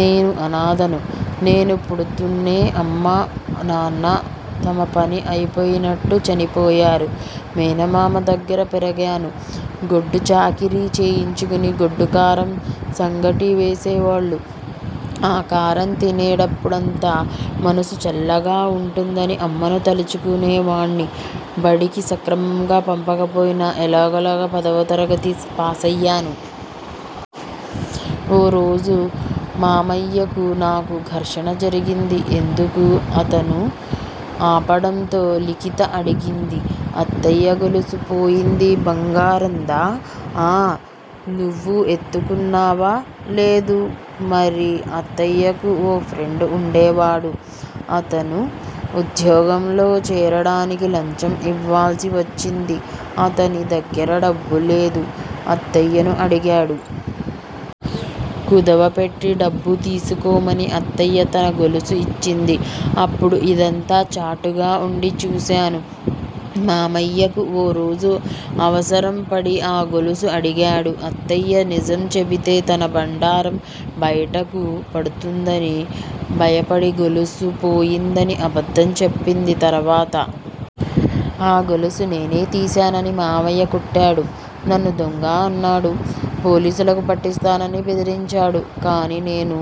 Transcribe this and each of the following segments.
నేను అనాధను నేను పుడుతూనే అమ్మా నాన్న తమ పని అయిపోయినట్టు చనిపోయారు. మేనమామ దగ్గర పెరిగాను. గొడ్డుచాకిరీ చేయించుకుని గొడ్డుకారం, సంగటీ వేసేవాళ్ళు ఆ కారం తినేప్పుడంతా మనసు చల్లగా ఉంటుందని అమ్మను తలుచుకునే వాడ్ని బడికి సక్రమంగా పంపకపోయినా ఎలాగోలా పదవ తరగతి పాసయ్యాను. ఓరోజు మామయ్యకు, నాకూ ఘర్షణ జరిగింది ఎందుకు? అతను ఆపడంతో లిఖిత అడిగింది. అత్తయ్య గొలుసు పోయింది బంగారందా? ఆ నువ్వు ఎత్తుకున్నావా? లేదు మరి? అత్తయ్యకు ఓ ఫ్రెండ్ ఉండేవాడు. అతను ఉద్యోగంలో చేరడానికి లంచం ఇవ్వాల్సి వచ్చింది. అతని దగ్గర డబ్బులేదు! అత్తయ్యను అడిగాడు. కుదవపెట్టి డబ్బు తీసుకోమని అత్తయ్య తన గొలుసు ఇచ్చింది. అప్పుడు ఇదంతా చాటుగా ఉండి చూశాను మామయ్యకు ఓ రోజు అవసరం పడి ఆ గొలుసు అడిగాడు. అత్తయ్య నిజం చెబితే తన బండారం బయటకు పడుతుందని భయపడి గొలుసు పోయిందని అబద్దం చెప్పింది తరువాత? ఆ గొలుసు నేనే తీశానని మావయ్య కుట్టాడు. నన్ను దొంగ అన్నాడు. పోలీసులకు పట్టిస్తానని బెదిరించాడు. కాని నేను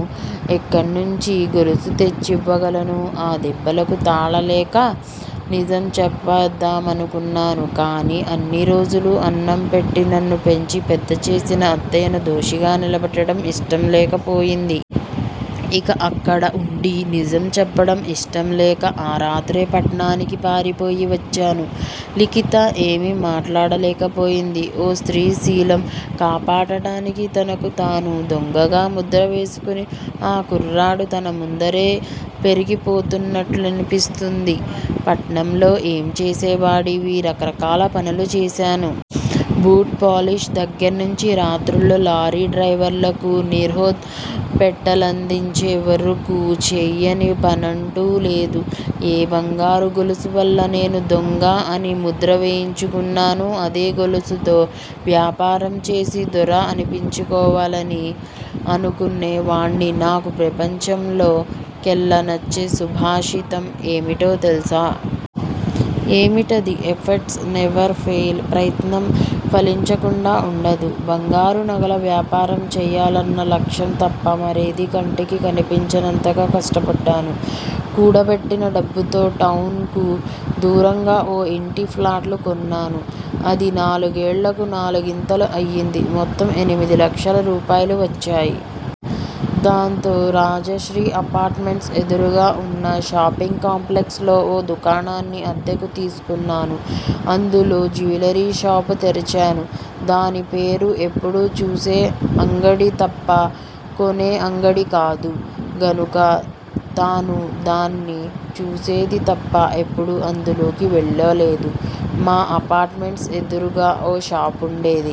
ఎక్కన్నుంచి గొలుసు తెచ్చివ్వగలను? ఆ దెబ్బలకు తాళలేక నిజం చెప్పద్దామనుకున్నాను. కానీ అన్ని రోజులు అన్నం పెట్టి నన్ను పెంచి పెద్ద చేసిన అత్తయ్యను దోషిగా నిలబెట్టడం ఇష్టం లేకపోయింది. ఇక అక్కడ ఉండి నిజం చెప్పడం ఇష్టంలేక ఆ రాత్రే పట్నానికి పారిపోయి వచ్చాను లిఖిత ఏమీ మాట్లాడలేకపోయింది. ఓ స్త్రీ శీలం కాపాడడానికి తనకు తాను దొంగగా ముద్ర వేసుకున్న ఆ కుర్రాడు తన ముందరే పెరిగిపోతున్నట్లనిపిస్తోంది. పట్నంలో ఏం చేసేవాడివి? రకరకాల పనులు చేశాను. బూట్ పాలిష్ దగ్గర్నుంచి రాత్రుళ్ళు లారీ డ్రయివర్లకు నిరోధ్ పెట్టెలందించే వరకు చేయని పనంటూ లేదు. ఏ బంగారు గొలుసువల్ల నేను దొంగ అని ముద్ర వేయించుకొన్నానో, అదే గొలుసుతో వ్యాపారం చేసి దొర అనిపించుకోవాలని అనుకునే వాడ్ని నాకు ప్రపంచంలో కెల్లా నచ్చే సుభాషితం ఏమిటో తెలుసా? ఏమిటది? ఎఫెర్ట్స్ నెవర్ ఫెయిల్' ప్రయత్నం ఫలించకుండా ఉండదు బంగారు నగల వ్యాపారం చేయాలన్న లక్ష్యం తప్ప మరేదీ కంటికి కనిపించనంతగా కష్టపడ్డాను. కూడబెట్టిన డబ్బుతో టౌనుకు దూరంగా ఓ ఇంటిప్లాట్లు కొన్నాను. అది నాలుగేళ్ళకు నాలుగింతలు అయింది. మొత్తం ఎనిమిది లక్షల రూపాయలు వచ్చాయి. దాంతో రాజశ్రీ అపార్ట్ మెంట్స్ ఎదురుగా ఉన్న షాపింగ్ కాంప్లెక్స్ లో ఓ దుకాణాన్ని అద్దెకు తీసుకొన్నాను. అందులో జ్యూయలరీ షాపు తెరిచాను. దాని పేరు ఎప్పుడూ చూసే అంగడి తప్ప కొనే అంగడి కాదు గనుక తానూ దాన్ని చూసేది తప్ప ఎప్పుడూ అందులోకి వెళ్ళలేదు. మా అపార్ట్ మెంట్స్ ఎదురుగ ఓ షాపుండేది